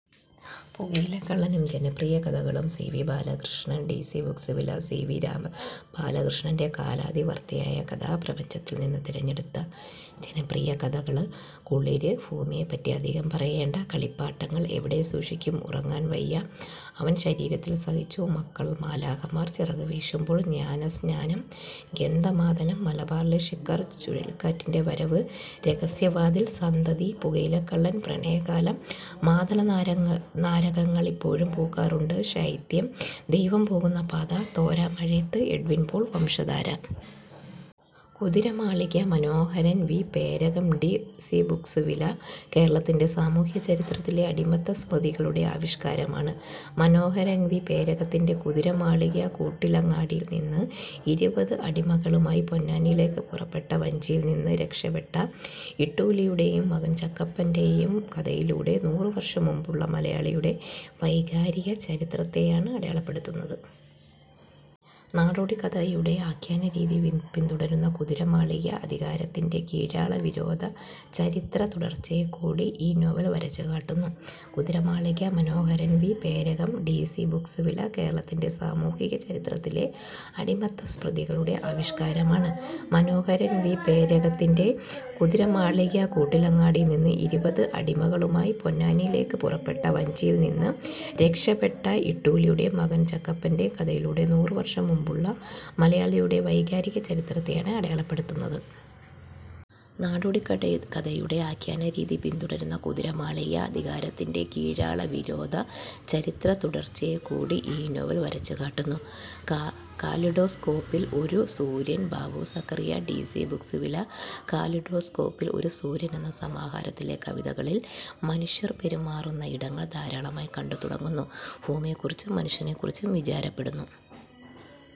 പുകയിലക്കള്ളനും ജനപ്രിയകഥകളും C. V. Balakrishnan D C Books വില: C. V. ബാലകൃഷ്ണന്റെ കാലാതിവർത്തിയായ കഥാപ്രപഞ്ചത്തിൽ നിന്ന് തിരഞ്ഞെടുത്ത ജനപ്രിയകഥകള്. കുളിര്, ഭൂമിയെപ്പറ്റി അധികം പറയേണ്ട, കളിപ്പാട്ടങ്ങൾ എവിടെ സൂക്ഷിക്കും, ഉറങ്ങാൻ വയ്യ, അവൻ ശരീരത്തിൽ സഹിച്ചു, മക്കൾ, മാലാഖമാർ ചിറകുവീശുമ്പോൾ, ജ്ഞാനസ്നാനം, ഗന്ധമാദനം, മലബാറിലെ ശിക്കാർ, ചുഴലിക്കാറ്റിൻ്റെ വരവ്, രഹസ്യവാതിൽ, സന്തതി, പുകയിലക്കള്ളൻ, പ്രണയകാലം, മാതളനാരകങ്ങൾ ഇപ്പോഴും പൂക്കാറുണ്ട്, ശൈത്യം, ദൈവം പോകുന്ന പാത, തോരാമഴയത്ത്, Edwin Paul, Vamsadhara. Kuthiramalika Manoharan V. Perakam D C Books വില: കേരളത്തിന്റെ സാമൂഹിക ചരിത്രത്തിലെ അടിമത്തസ്മൃതികളുടെ ആവിഷ്കാരമാണ് മനോഹരൻ വി. പേരകത്തിന്റെ 'കുതിരമാളിക'. കൂട്ടിലങ്ങാടിയിൽനിന്ന് ഇരുപത് അടിമകളുമായി പൊന്നാനിയിലേക്ക് പുറപ്പെട്ട വഞ്ചിയിൽനിന്ന് രക്ഷപ്പെട്ട ഇട്ടൂലിയുടെയും മകൻ ചക്കപ്പൻ്റെയും കഥയിലൂടെ, നൂറു വർഷം മുമ്പുള്ള മലയാളിയുടെ വൈകാരിക ചരിത്രത്തെയാണ് അടയാളപ്പെടുത്തുന്നത്. നാടോടിക്കഥയുടെ ആഖ്യാനരീതി പിന്തുടരുന്ന 'കുതിരമാളിക', അധികാരത്തിന്റെ കീഴാളവിരോധ ചരിത്രത്തുടർച്ചയെക്കൂടി ഈ നോവൽ വരച്ചുകാട്ടുന്നു. Kuthiramalika Manoharan V. Perakam D C Books വില: കേരളത്തിന്റെ സാമൂഹിക ചരിത്രത്തിലെ അടിമത്തസ്മൃതികളുടെ ആവിഷ്കാരമാണ് മനോഹരൻ വി. പേരകത്തിന്റെ 'കുതിരമാളിക'. കൂട്ടിലങ്ങാടിയിൽനിന്ന് ഇരുപത് അടിമകളുമായി പൊന്നാനിയിലേക്ക് പുറപ്പെട്ട വഞ്ചിയിൽനിന്ന് രക്ഷപ്പെട്ട ഇട്ടൂലിയുടെയും മകൻ ചക്കപ്പൻ്റെയും കഥയിലൂടെ, നൂറു വർഷം മുമ്പുള്ള മലയാളിയുടെ വൈകാരിക ചരിത്രത്തെയാണ് അടയാളപ്പെടുത്തുന്നത്. നാടോടിക്കഥയുടെ ആഖ്യാനരീതി പിന്തുടരുന്ന 'കുതിരമാളിക', അധികാരത്തിന്റെ കീഴാളവിരോധ ചരിത്രത്തുടർച്ചയെക്കൂടി ഈ നോവൽ വരച്ചുകാട്ടുന്നു. കാലിഡോസ്കോപ്പിൽ ഒരു സൂര്യൻ Babu Zacharia D C Books വില: ''കാലിഡോസ്കോപ്പിൽ ഒരു സൂര്യൻ എന്ന സമാഹാരത്തിലെ കവിതകളിൽ മനുഷ്യർ പെരുമാറുന്ന ഇടങ്ങൾ ധാരാളമായി കണ്ടുതുടങ്ങുന്നു. ഭൂമിയെക്കുറിച്ചും മനുഷ്യനെക്കുറിച്ചും വിചാരപ്പെടുന്നു.